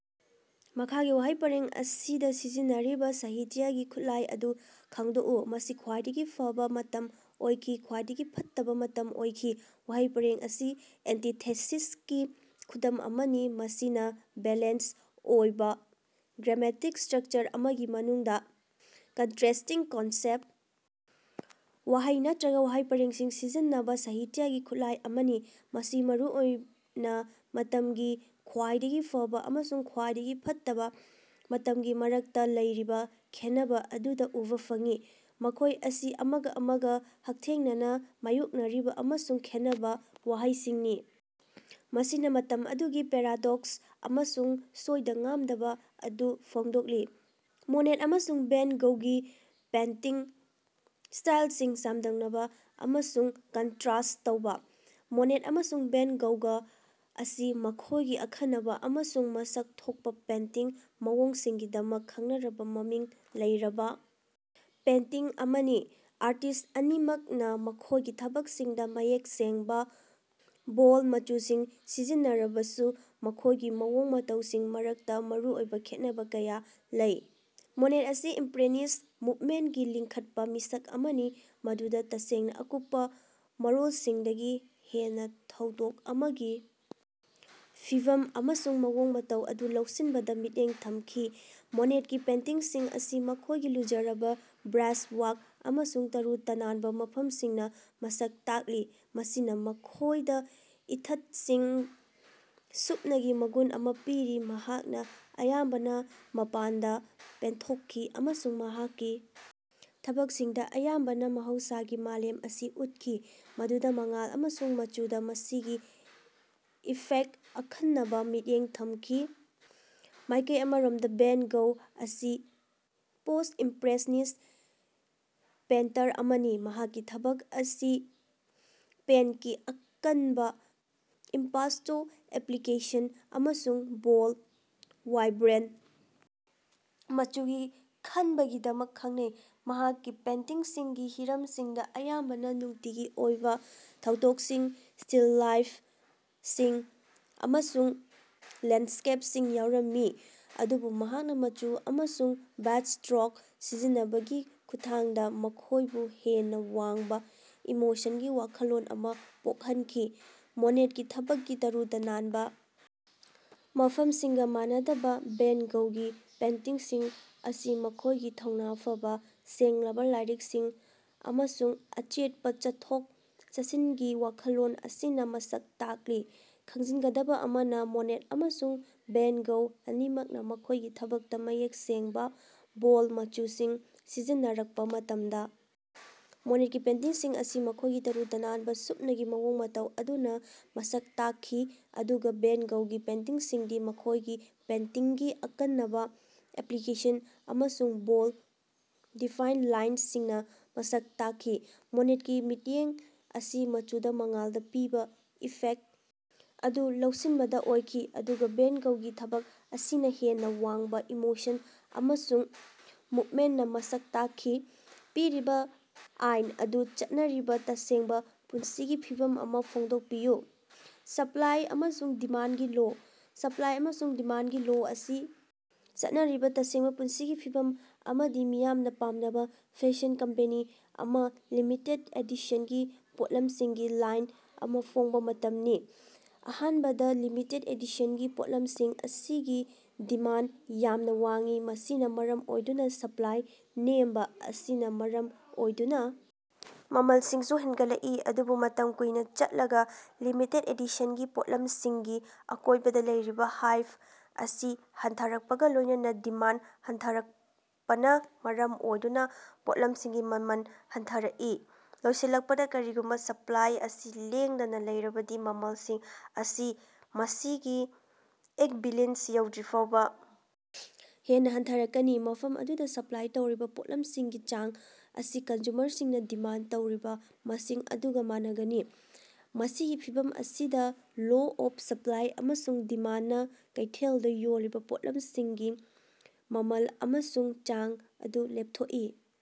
ꯃꯈꯥꯒꯤ ꯋꯥꯍꯩ ꯄꯔꯦꯡ ꯑꯁꯤꯗ ꯁꯤꯖꯤꯟꯅꯔꯤꯕ ꯁꯥꯍꯤꯇ꯭ꯌꯒꯤ ꯈꯨꯠꯂꯥꯏ ꯑꯗꯨ ꯈꯪꯗꯣꯛꯎ꯫ "ꯃꯁꯤ ꯈ꯭ꯋꯥꯏꯗꯒꯤ ꯐꯕ ꯃꯇꯝ ꯑꯣꯏꯈꯤ, ꯈ꯭ꯋꯥꯏꯗꯒꯤ ꯐꯠꯇꯕ ꯃꯇꯝ ꯑꯣꯏꯈꯤ"꯫ ꯋꯥꯍꯩ ꯄꯔꯦꯡ ꯑꯁꯤ ꯑꯦꯟꯇꯤꯊꯦꯁꯤꯁꯀꯤ ꯈꯨꯗꯝ ꯑꯃꯅꯤ, ꯃꯁꯤꯅ ꯕꯦꯂꯦꯟꯁ ꯑꯣꯏꯕ ꯒ꯭ꯔꯥꯃꯦꯇꯤꯛ ꯁ꯭ꯇꯔꯛꯆꯔ ꯑꯃꯒꯤ ꯃꯅꯨꯡꯗ ꯀꯟꯇꯔꯦꯁꯇꯤꯡ ꯀꯟꯁꯦꯞ, ꯋꯥꯍꯩ ꯅꯠꯇ꯭ꯔꯒ ꯋꯥꯍꯩ ꯄꯔꯦꯡꯁꯤꯡ ꯁꯤꯖꯤꯟꯅꯕ ꯁꯥꯍꯤꯇ꯭ꯌꯒꯤ ꯈꯨꯠꯂꯥꯏ ꯑꯃꯅꯤ꯫ ꯃꯁꯤ ꯃꯔꯨ ꯑꯣꯏꯅ ꯃꯇꯝꯒꯤ "ꯈ꯭ꯋꯥꯏꯗꯒꯤ ꯐꯕ" ꯑꯃꯁꯨꯡ "ꯈ꯭ꯋꯥꯏꯗꯒꯤ ꯐꯠꯇꯕ" ꯃꯇꯝꯒꯤ ꯃꯔꯛꯇ ꯂꯩꯔꯤꯕ ꯈꯦꯟꯅꯕ ꯑꯗꯨꯗ ꯎꯕꯥ ꯐꯪꯏ, ꯃꯈꯣꯏ ꯑꯁꯤ ꯑꯃꯒ ꯑꯃꯒ ꯍꯛꯊꯦꯡꯅꯅ ꯃꯥꯌꯣꯛꯅꯔꯤꯕ ꯑꯃꯁꯨꯡ ꯈꯦꯟꯅꯕ ꯋꯥꯍꯩꯁꯤꯡꯅꯤ, ꯃꯁꯤꯅ ꯃꯇꯝ ꯑꯗꯨꯒꯤ ꯄꯦꯔꯥꯗꯣꯛꯁ ꯑꯃꯁꯨꯡ ꯁꯣꯏꯗ-ꯉꯥꯝꯗꯕ ꯑꯗꯨ ꯐꯣꯡꯗꯣꯛꯂꯤ꯫ ꯃꯣꯅꯦꯠ ꯑꯃꯁꯨꯡ ꯚꯦꯟ ꯒꯧꯒꯤ ꯄꯦꯟꯇꯤꯡ ꯁ꯭ꯇꯥꯏꯜꯁꯤꯡ ꯆꯥꯡꯗꯝꯅꯕ ꯑꯃꯁꯨꯡ ꯀꯟꯇ꯭ꯔꯁ ꯇꯧꯕ꯫ ꯃꯣꯅꯦꯠ ꯑꯃꯁꯨꯡ ꯚꯦꯟ ꯒꯧꯒ ꯑꯁꯤ ꯃꯈꯣꯏꯒꯤ ꯑꯈꯟꯅꯕ ꯑꯃꯁꯨꯡ ꯃꯁꯛ ꯊꯣꯛꯄ ꯄꯦꯟꯇꯤꯡ ꯃꯑꯣꯡꯁꯤꯡꯒꯤꯗꯃꯛ ꯈꯪꯅꯔꯕ ꯃꯃꯤꯡ ꯂꯩꯔꯕ ꯄꯦꯟꯇꯤꯡ ꯑꯃꯅꯤ꯫ ꯑꯥꯔꯇꯤꯁ꯭ꯠ ꯑꯅꯤꯃꯛꯅ ꯃꯈꯣꯏꯒꯤ ꯊꯕꯛꯁꯤꯡꯗ ꯃꯌꯦꯛ ꯁꯦꯡꯕ, ꯕꯣꯜꯗ ꯃꯆꯨꯁꯤꯡ ꯁꯤꯖꯤꯟꯅꯔꯕꯁꯨ ꯃꯈꯣꯏꯒꯤ ꯃꯑꯣꯡ ꯃꯇꯧꯁꯤꯡꯒꯤ ꯃꯔꯛꯇ ꯃꯔꯨꯑꯣꯏꯕ ꯈꯦꯠꯅꯕ ꯀꯌꯥ ꯂꯩ꯫ ꯃꯣꯅꯦꯠ ꯑꯁꯤ ꯏꯝꯄ꯭ꯔꯦꯁꯅꯤꯁ ꯃꯨꯕꯃꯦꯟꯠꯀꯤ ꯂꯤꯡꯈꯠꯄ ꯃꯤꯁꯛ ꯑꯃꯅꯤ, ꯃꯗꯨꯗ ꯇꯁꯦꯡꯅ ꯑꯀꯨꯞꯄ ꯃꯔꯣꯜꯁꯤꯡꯗꯒꯤ ꯍꯦꯟꯅ ꯊꯧꯗꯣꯛ ꯑꯃꯒꯤ ꯐꯤꯚꯝ ꯑꯃꯁꯨꯡ ꯃꯑꯣꯡ ꯃꯇꯧ ꯑꯗꯨ ꯂꯧꯁꯤꯟꯕꯗ ꯃꯤꯠꯌꯦꯡ ꯊꯝꯈꯤ꯫ ꯃꯣꯅꯦꯠꯀꯤ ꯄꯦꯟꯇꯤꯡꯁꯤꯡ ꯑꯁꯤ ꯃꯈꯣꯏꯒꯤ ꯂꯨꯖꯔꯕ ꯕ꯭ꯔꯥꯁꯋꯔꯛ ꯑꯃꯁꯨꯡ ꯇꯔꯨ ꯇꯅꯥꯟꯕ ꯃꯐꯝꯁꯤꯡꯅ ꯃꯁꯛ ꯇꯥꯛꯂꯤ, ꯃꯁꯤꯅ ꯃꯈꯣꯏꯗ ꯏꯊꯠꯁꯤꯡ, ꯁꯨꯞꯅꯒꯤ ꯃꯒꯨꯟ ꯑꯃ ꯄꯤꯔꯤ꯫ ꯃꯍꯥꯛꯅ ꯑꯌꯥꯝꯕꯅ ꯃꯄꯥꯟꯗ ꯄꯦꯟꯊꯣꯛꯈꯤ ꯑꯃꯁꯨꯡ ꯃꯍꯥꯛꯀꯤ ꯊꯕꯛꯁꯤꯡꯗ ꯑꯌꯥꯝꯕꯅ ꯃꯍꯧꯁꯥꯒꯤ ꯃꯥꯂꯦꯝ ꯑꯁꯤ ꯎꯠꯈꯤ, ꯃꯗꯨꯗ ꯃꯉꯥꯜ ꯑꯃꯁꯨꯡ ꯃꯆꯨꯗ ꯃꯁꯤꯒꯤ ꯏꯐꯦꯛꯇ ꯑꯈꯟꯅꯕ ꯃꯤꯠꯌꯦꯡ ꯊꯝꯈꯤ꯫ ꯃꯥꯏꯀꯩ ꯑꯃꯔꯣꯝꯗ ꯚꯦꯟ ꯒꯧ ꯑꯁꯤ ꯄꯣꯁ-ꯏꯝꯄ꯭ꯔꯦꯁꯅꯤꯁ ꯄꯦꯏꯟꯇꯔ ꯑꯃꯅꯤ, ꯃꯍꯥꯛꯀꯤ ꯊꯕꯛ ꯑꯁꯤ ꯄꯦꯟꯠꯀꯤ ꯑꯀꯟꯕ, ꯏꯝꯄꯥꯁꯇꯣ ꯑꯦꯄ꯭ꯂꯤꯀꯦꯁꯟ ꯑꯃꯁꯨꯡ ꯕꯣꯜꯗ, ꯋꯥꯏꯕ꯭ꯔꯦꯟꯠ ꯃꯆꯨꯒꯤ ꯈꯟꯕꯒꯤꯗꯃꯛ ꯈꯪꯅꯩ꯫ ꯃꯍꯥꯛꯀꯤ ꯄꯦꯟꯇꯤꯡꯁꯤꯡꯒꯤ ꯍꯤꯔꯝꯁꯤꯡꯗ ꯑꯌꯥꯝꯕꯅ ꯅꯨꯡꯇꯤꯒꯤ ꯑꯣꯏꯕ ꯊꯧꯗꯣꯛꯁꯤꯡ, ꯁ꯭ꯇꯤꯜ ꯂꯥꯏꯐꯁꯤꯡ ꯑꯃꯁꯨꯡ ꯂꯦꯟꯁ꯭ꯀꯦꯞꯁꯤꯡ ꯌꯥꯎꯔꯝꯃꯤ, ꯑꯗꯨꯕꯨ ꯃꯍꯥꯛꯅ ꯃꯆꯨ ꯑꯃꯁꯨꯡ ꯕ꯭ꯔꯥꯁꯁ꯭ꯇꯔꯣꯛ ꯁꯤꯖꯤꯟꯅꯕꯒꯤ ꯈꯨꯠꯊꯥꯡꯗ ꯃꯈꯣꯏꯕꯨ ꯍꯦꯟꯅ ꯋꯥꯡꯕ ꯏꯃꯣꯁꯟꯒꯤ ꯋꯥꯈꯜꯂꯣꯟ ꯑꯃ ꯄꯣꯛꯍꯟꯈꯤ꯫ ꯃꯣꯅꯦꯠꯀꯤ ꯊꯕꯛꯀꯤ ꯇꯔꯨ ꯇꯅꯥꯟꯕ ꯃꯐꯝꯁꯤꯡꯒ ꯃꯥꯟꯅꯗꯅ, ꯚꯦꯟ ꯒꯧꯒꯤ ꯄꯦꯟꯇꯤꯡꯁꯤꯡ ꯑꯁꯤ ꯃꯈꯣꯏꯒꯤ ꯊꯧꯅ ꯐꯕ, ꯁꯦꯡꯂꯕ ꯂꯥꯏꯔꯤꯛꯁꯤꯡ ꯑꯃꯁꯨꯡ ꯑꯆꯦꯠꯄ ꯆꯠꯊꯣꯛ-ꯆꯠꯁꯤꯟꯒꯤ ꯋꯥꯈꯜꯂꯣꯟ ꯑꯁꯤꯅ ꯃꯁꯛ ꯇꯥꯛꯂꯤ꯫ ꯈꯪꯖꯤꯟꯒꯗꯕ ꯑꯃꯅ, ꯃꯣꯅꯦꯠ ꯑꯃꯁꯨꯡ ꯚꯦꯟ ꯒꯧ ꯑꯅꯤꯃꯛꯅ ꯃꯈꯣꯏꯒꯤ ꯊꯕꯛꯇ ꯃꯌꯦꯛ ꯁꯦꯡꯕ, ꯕꯣꯜꯗ ꯃꯆꯨꯁꯤꯡ ꯁꯤꯖꯤꯟꯅꯔꯛꯄ ꯃꯇꯝꯗ, ꯃꯣꯅꯦꯠꯀꯤ ꯄꯦꯟꯇꯤꯡꯁꯤꯡ ꯑꯁꯤ ꯃꯈꯣꯏꯒꯤ ꯇꯔꯨ ꯇꯅꯥꯟꯕ, ꯁꯨꯞꯅꯒꯤ ꯃꯑꯣꯡ ꯃꯇꯧ ꯑꯗꯨꯅ ꯃꯁꯛ ꯇꯥꯛꯈꯤ, ꯑꯗꯨꯒ ꯚꯦꯟ ꯒꯧꯒꯤ ꯄꯦꯟꯇꯤꯡꯁꯤꯡꯗꯤ ꯃꯈꯣꯏꯒꯤ ꯄꯦꯟꯇꯤꯡꯒꯤ ꯑꯀꯅꯕ ꯑꯦꯄ꯭ꯂꯤꯀꯦꯁꯟ ꯑꯃꯁꯨꯡ ꯕꯣꯜꯗ, ꯗꯤꯐꯥꯏꯟ ꯂꯥꯏꯟꯁꯤꯡꯅ ꯃꯁꯛ ꯇꯥꯛꯈꯤ꯫ ꯃꯣꯅꯦꯠꯀꯤ ꯃꯤꯠꯌꯦꯡ ꯑꯁꯤ ꯃꯆꯨꯗ ꯃꯉꯥꯜꯅ ꯄꯤꯕ ꯏꯐꯦꯛ ꯑꯗꯨ ꯂꯧꯁꯤꯟꯕꯗ ꯑꯣꯏꯈꯤ, ꯑꯗꯨꯒ ꯚꯦꯟ ꯒꯧꯒꯤ ꯊꯕꯛ ꯑꯁꯤ ꯍꯦꯟꯅ ꯋꯥꯡꯕ ꯏꯃꯣꯁꯟ ꯑꯃꯁꯨꯡ ꯃꯨꯚꯃꯦꯟꯠꯅ ꯃꯁꯛ ꯇꯥꯛꯈꯤ꯫ ꯄꯤꯔꯤꯕ ꯑꯥꯏꯟ ꯑꯗꯨ ꯆꯠꯅꯔꯤꯕ ꯇꯁꯦꯡꯕ ꯄꯨꯟꯁꯤꯒꯤ ꯐꯤꯚꯝ ꯑꯃ ꯐꯣꯡꯗꯣꯛꯄꯤꯌꯨ꯫ ꯁꯄ꯭ꯂꯥꯏ ꯑꯃꯁꯨꯡ ꯗꯤꯃꯥꯟꯒꯤ ꯂꯣ꯫ ꯁꯄ꯭ꯂꯥꯏ ꯑꯃꯁꯨꯡ ꯗꯤꯃꯥꯟꯗꯒꯤ ꯂꯣ ꯑꯁꯤ ꯆꯠꯅꯔꯤꯕ ꯇꯁꯦꯡꯕ ꯄꯨꯟꯁꯤꯒꯤ ꯐꯤꯚꯝ ꯑꯃꯗꯤ ꯃꯤꯌꯥꯝꯅ ꯄꯥꯝꯅꯕ ꯐꯦꯁꯟ ꯀꯝꯄꯦꯅꯤ ꯑꯃꯅ ꯂꯤꯃꯤꯇꯦꯗ ꯑꯦꯗꯤꯁꯟꯒꯤ ꯄꯣꯠꯂꯝꯁꯤꯡꯒꯤ ꯂꯥꯏꯟ ꯑꯃ ꯐꯣꯡꯕ ꯃꯇꯝꯅꯤ꯫ ꯑꯍꯥꯟꯕꯗ ꯂꯤꯃꯤꯇꯦꯗ ꯑꯦꯗꯤꯁꯟꯒꯤ ꯄꯣꯠꯂꯝꯁꯤꯡ ꯑꯁꯤꯒꯤ ꯗꯤꯃꯥꯟꯗ ꯌꯥꯝꯅ ꯋꯥꯡꯏ, ꯃꯁꯤꯅ ꯃꯔꯝ ꯑꯣꯏꯗꯨꯅ ꯁꯞꯂꯥꯏ ꯅꯦꯝꯕ ꯑꯁꯤꯅ ꯃꯔꯝ ꯑꯣꯏꯗꯨꯅ ꯃꯃꯜꯁꯤꯡꯁꯨ ꯍꯦꯟꯒꯠꯂꯛꯏ꯫ ꯑꯗꯨꯕꯨ ꯃꯇꯝ ꯀꯨꯏꯅ ꯆꯠꯂꯒ ꯂꯤꯃꯤꯇꯦꯗ ꯑꯦꯗꯤꯁꯟꯒꯤ ꯄꯣꯠꯂꯝꯁꯤꯡꯒꯤ ꯑꯀꯣꯏꯕꯗ ꯂꯩꯔꯤꯕ ꯍꯥꯏꯞ ꯑꯁꯤ ꯍꯟꯊꯔꯛꯄꯒ ꯂꯣꯏꯅꯅ ꯗꯤꯃꯥꯟꯗ ꯍꯟꯊꯔꯛꯄꯅ ꯃꯔꯝ ꯑꯣꯏꯗꯨꯅ ꯄꯣꯠꯂꯝꯁꯤꯡꯒꯤ ꯃꯃꯜ ꯍꯟꯊꯔꯛꯏ꯫ ꯂꯣꯏꯁꯤꯜꯂꯛꯄꯗ, ꯀꯔꯤꯒꯨꯝꯕ ꯁꯄ꯭ꯂꯥꯏ ꯑꯁꯤ ꯂꯦꯡꯗꯅ ꯂꯩꯔꯕꯗꯤ, ꯃꯃꯜꯁꯤꯡ ꯑꯁꯤ ꯃꯁꯤꯒꯤ ꯏꯛꯕꯤꯂꯤꯑꯦꯟꯁ ꯌꯧꯗ꯭ꯔꯤꯐꯥꯎꯕ ꯍꯦꯟꯅ ꯍꯟꯊꯔꯛꯀꯅꯤ, ꯃꯐꯝ ꯑꯗꯨꯗ ꯁꯄ꯭ꯂꯥꯏ ꯇꯧꯔꯤꯕ ꯄꯣꯠꯂꯝꯁꯤꯡꯒꯤ ꯆꯥꯡ ꯑꯁꯤ ꯀꯟꯖꯨꯃꯔꯁꯤꯡꯅ ꯗꯤꯃꯥꯟꯗ ꯇꯧꯔꯤꯕ ꯃꯁꯤꯡ ꯑꯗꯨꯒ ꯃꯥꯟꯅꯒꯅꯤ꯫ ꯃꯁꯤꯒꯤ ꯐꯤꯚꯝ ꯑꯁꯤꯗ, ꯂꯣ ꯑꯣꯐ ꯁꯄ꯭ꯂꯥꯏ ꯑꯃꯁꯨꯡ ꯗꯤꯃꯥꯟꯗꯅ ꯀꯩꯊꯦꯜꯗ ꯌꯣꯜꯂꯤꯕ ꯄꯣꯠꯂꯝꯁꯤꯡꯒꯤ ꯃꯃꯜ ꯑꯃꯁꯨꯡ ꯆꯥꯡ ꯑꯗꯨ ꯂꯦꯞꯊꯣꯛꯏ꯫